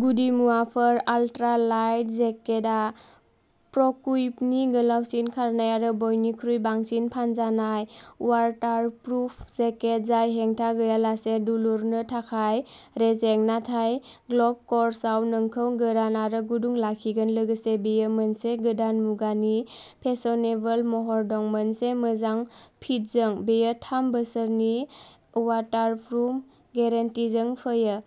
गुदिमुवाफोर ultra light जेकेटआ प्र'कुइपनि गोलावसिन खारनाय आरो बयनिख्रुइ बांसिन फानजानाय वाटारप्रुफ जेकेट जाय हेंथा गैयालासे दुलुरनो थाखाय रेजें नाथाय गल्फ कर्सआव नोंखौ गोरान आरो गुदुं लाखिगोन लोगोसे बेयो मोनसे गोदान मुगानि फेशनेबल महर दं, मोनसे मोजां फिटजों, बेयो थाम बोसोरनि वाटारप्रुफ गेरेन्टिजों फैयो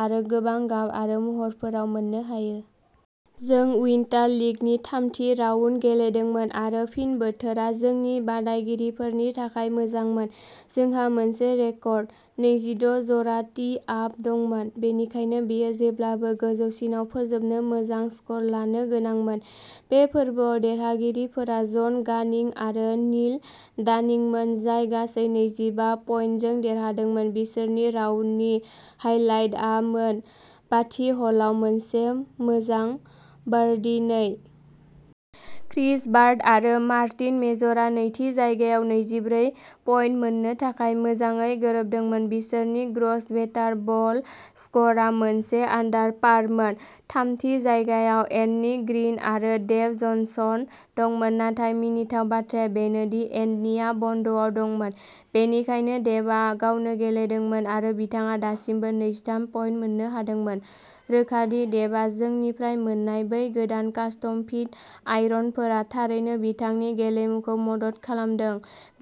आरो गोबां गाब आरो महरफोराव मोननो हायो। जों उइन्टार लिगनि थामथि राउन्ड गेलेदोंमोन आरो फिन बोथोरा जोंनि बादायगिरिफोरनि थाखाय मोजांमोन जोंहा मोनसे रेकर्ड नैजिद’ जरा टि आप दंमोन बेनिखायनो बेयो जेब्लाबो गोजौसिनाव फोजोबनो मोजां स्कर लानो गोनांमोन। बे फोरबोआव देरहागिरिफोरा जन गानिं आरो नील डानिंमोन जाय गासै नैजिबा पइन्टजों देरहादोंमोन बिसोरनि राउन्डनि हाइलाइटआमोन बाथि ह'लाव मोनसे मोजां बार्डी नै। क्रिस बार्ड आरो मार्टिन मेजरआ नैथि जायगायाव नैजिब्रै पइन्ट मोननो थाखाय मोजाङै गोरोबदोंमोन, बिसोरनि ग्र'स बेटार बल स्क'रआ मोनसे आन्डार पारमोन, थामथि जायगायाव एननि ग्रिन आरो डेभ जनसन दंमोन, नाथाय मिनिथाव बाथ्राया बेनो दि एननिआ बन्द'आव दंमोन बेनिखायनो डेभआ गावनो गेलेनांदोंमोन आरो बिथाङा दासिमबो नैजिथाम पइन्ट मोननो हादोंमोन, रोखा दि डेभआ जोंनिफ्राय मोननाय बै गोदान कास्टम फिट आयरनफोरा थारैनो बिथांनि गेलेमुखौ मदद खालामदों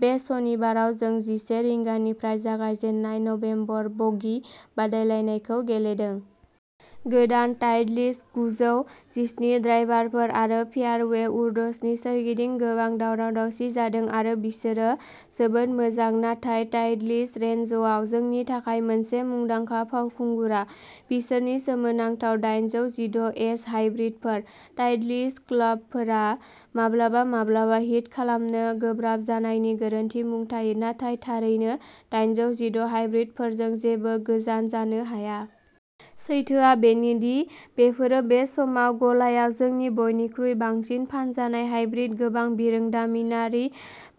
बे सनिबाराव जों जिसे रिंगानिफ्राय जागायजेननाय नबेम्बर बगि बादायलायनायखौ गेलेदों। गोदान टाइटलिस्ट गुजौ जिस्नि ड्राइभारफोर आरो फेयारवे उड्सनि सोरगिदिं गोबां दावराव-दावसि जादों आरो बिसोरो जोबोद मोजां नाथाय टाइटलिस्ट रेन्जआव जोंनि थाखाय मोनसे मुंदांखा फावखुंगुरआ बिसोरनि सोमोनांथाव दाइनजौ जिद’ एच हाइब्रिडफोर, टाइटलिस्ट क्लाबफोरा माब्लाबा माब्लाबा हिट खालामनो गोब्राब जानायनि गोरोन्थि मुं थायो नाथाय थारैनो दाइनजौ जिद’ हाइब्रिडफोरजों जेबो गोजान जानो हाया। सैथोआ बेनो दि बेफोरो बे समाव गलायाव जोंनि बयनिख्रुइ बांसिन फानजानाय हाइब्रिद गोबां बिरोंदामिनारि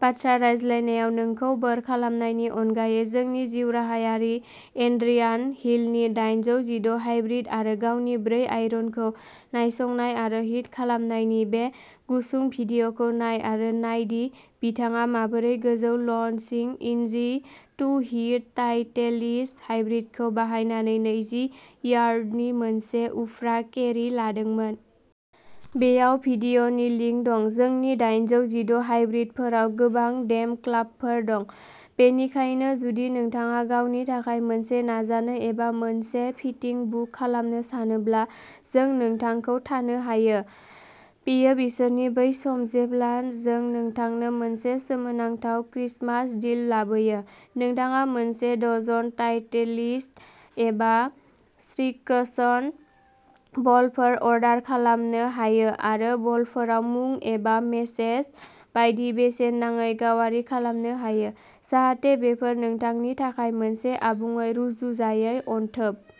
बाथ्रा रायज्लायनायाव नोंखौ बोर खालामनायनि अनगायै जोंनि जिउराहायारि एड्रियान हिलनि दाइनजौ जिद’ हाइब्रिद आरो गावनि ब्रै आयरनखौ नायसंनाय आरो हिट खालामनायनि बे गुसुं भिडिय'खौ नाय आरो नायदि बिथाङा माबोरै गोजौ launching easy to hit Titleist हाइब्रिदखौ बाहायनानै नैजि यार्डनि मोनसे उफ्रा केरि लादोंमोन। बेयाव भिडिय'नि लिंक दं। जोंनि दाइनजौ जिद’ हाइब्रिदफोराव गोबां डेम'क्लाबफोर दं, बेनिखायनो जुदि नोंथाङा गावनि थाखाय मोनसे नाजानो एबा मोनसे फिटिं बुक खालामनो सानोब्ला जों नोंथांखौ थानो हायो। बेयो बोसोरनि बै सम जेब्ला जों नोंथांनो मोनसे सोमोनांथाव क्रिसमास डिल लाबोयो, नोंथाङा मोनसे डजन टाइटेलिस्ट एबा श्रिक्सन बलफोर अर्डार खालामनो हायो आरो बलफोराव मुं एबा मेसेज बायदि बेसेन नाङै गावारि खालामनो हायो, जाहाथे बेफोर नोंथांनि थाखाय मोनसे आबुङै रुजुजायै अनथोब।